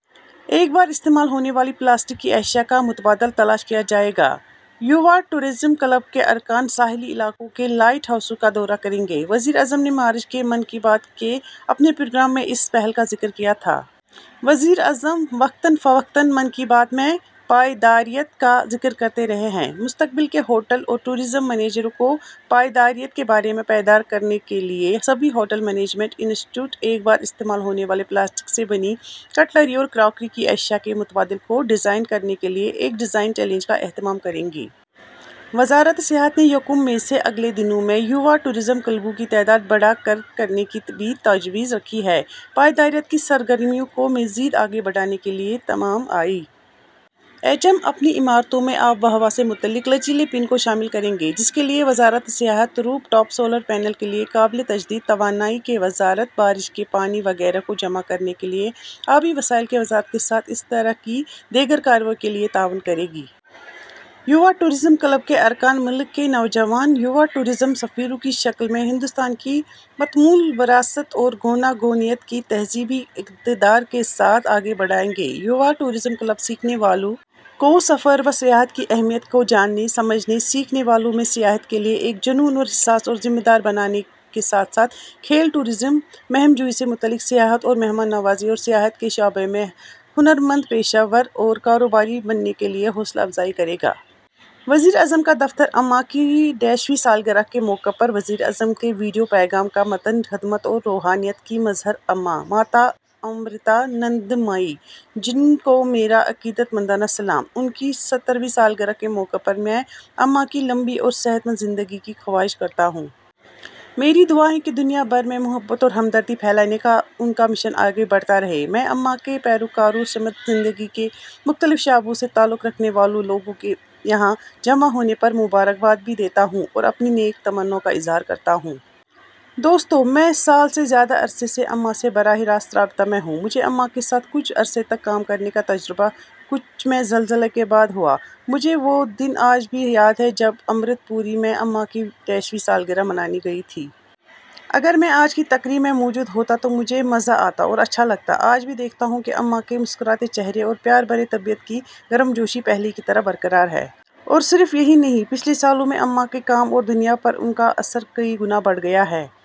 ایک بار استعمال ہونے والی پلاسٹک کی اشیا کا متبادل تلاش کیا جائے گا۔ یووا ٹورازم کلب کےا رکان ساحلی علاقوں کے لائٹ ہاؤسوں کا دورہ کریں گے۔ وزیر اعظم نے مارچ کے ' من کی بات 'کے اپنے پروگرام میں اس پہل کا ذکر کیا تھا۔ وزیر اعظم وقتاً فوقتاً ' من کی بات' میں پائیداریت کا ذکر کرتے رہے ہیں۔ مستقبل کے ہوٹل اور ٹورازم منیجروں کو پائیداریت کے بارےمیں بیدار کرنے کے لیے سبھی ہوٹل مینجمنٹ انسٹی ٹیوٹ ایک بار استعمال ہونے والی پلاسٹک سے بنی کٹلری اور کراکری کی اشیا کے متبادل کو ڈیزائن کرنے کے لیے ایک ڈیزائن چیلنج کا اہتمام کریں گے۔ وزارت سیاحت نے یکم مئی سے اگلے دنوں میں یووا ٹورازم کلبوں کی تعداد بڑھا کر کرنے کی بھی تجویز رکھی ہے۔ پائیداریت کی سرگرمیوں کو مزید آگے بڑھانے کے لئے ،تمام آئی ایچ ایم اپنی عمارتوں میں آب و ہوا سے متعلق لچیلے پن کو شامل کریں گے جس کے لئے وزارت سیاحت، روپ ٹاپ سولر پینل کے لئے قابل تجدید توانائی کی وزارت بارش کے پانی وغیرہ کو جمع کرنے کے لئے آبی وسائل کی وزارت کے ساتھ اسی طرح کی دیگر کارروائیوں کے لئے تعاون کرے گی۔ یووا ٹورازم کلب کے ارکان ملک کے نوجوان یووا ٹورزم سفیروں کی شکل میں ہندوستان کی متمول وراثت اور گوناگونیت کو تہذیبی اقدار کے ساتھ آگے بڑھائیں گے۔ یووا ٹورازم کلب سیکھنے والوں کو سفر اور و سیاحت کی اہمیت کو جاننے ، سمجھنے ، سیکھنے والوں میں سیاحت کے لئے ایک جنون اور حساس اور ذمہ دار بنانے کے ساتھ ساتھ کھیل ٹورازم ، مہم جوئی سے متعلق سیاحت اور مہمان نوازی اور سیاحت کے شعبے میں ہنر مند پیشہ ور اور کاروباری بننے کے لیے حوصلہ افزائی کرے گا۔ وزیراعظم کا دفتر اماں کی ویں سالگرہ کے موقع پر وزیر اعظم کے ویڈیو پیغام کا متن خدمت اور روحانیت کی مظہر امّاں، ماتا امرتانندمئی جی کو میرا عقیدت مندانہ سلام۔ ان کی سترویں سالگرہ کے موقع پر، میں اماں کی لمبی اور صحت مند زندگی کی خواہش کرتا ہوں۔ میری دعا ہے کہ دنیا بھر میں محبت اور ہمدردی پھیلانے کا ان کا مشن آگے بڑھتا رہے۔ میں امّاں کے پیروکاروں سمیت زندگی کے مختلف شعبوں سے تعلق رکھنے والے لوگوں کے یہاں جمع ہونے پر مبارکباد بھی دیتا ہوں اور اپنی نیک تمناؤں کا اظہار کرتا ہوں۔ دوستو میں سال سے زیادہ عرصے سے اماں سے براہ راست رابطہ میں ہوں۔ مجھے اماں کے ساتھ کچھ عرصے تک کام کرنے کا تجربہ کچھ میں زلزلے کے بعد ہوا۔ مجھے وہ دن آج بھی یاد ہے جب امرت پوری میں اماں کی ویں سالگرہ منائی گئی تھی۔ اگر میں آج کی تقریب میں موجود ہوتا تو مجھے مزہ آتا اور اچھا لگتا۔ آج بھی دیکھتا ہوں کہ اماں کے مسکراتے چہرے اور پیار بھرے طبیعت کی گرمجوشی پہلے کی طرح برقرار ہے۔ اور صرف یہی نہیں، پچھلے سالوں میں اماں کے کام اور دنیا پر ان کا اثر کئی گنا بڑھ گیا ہے۔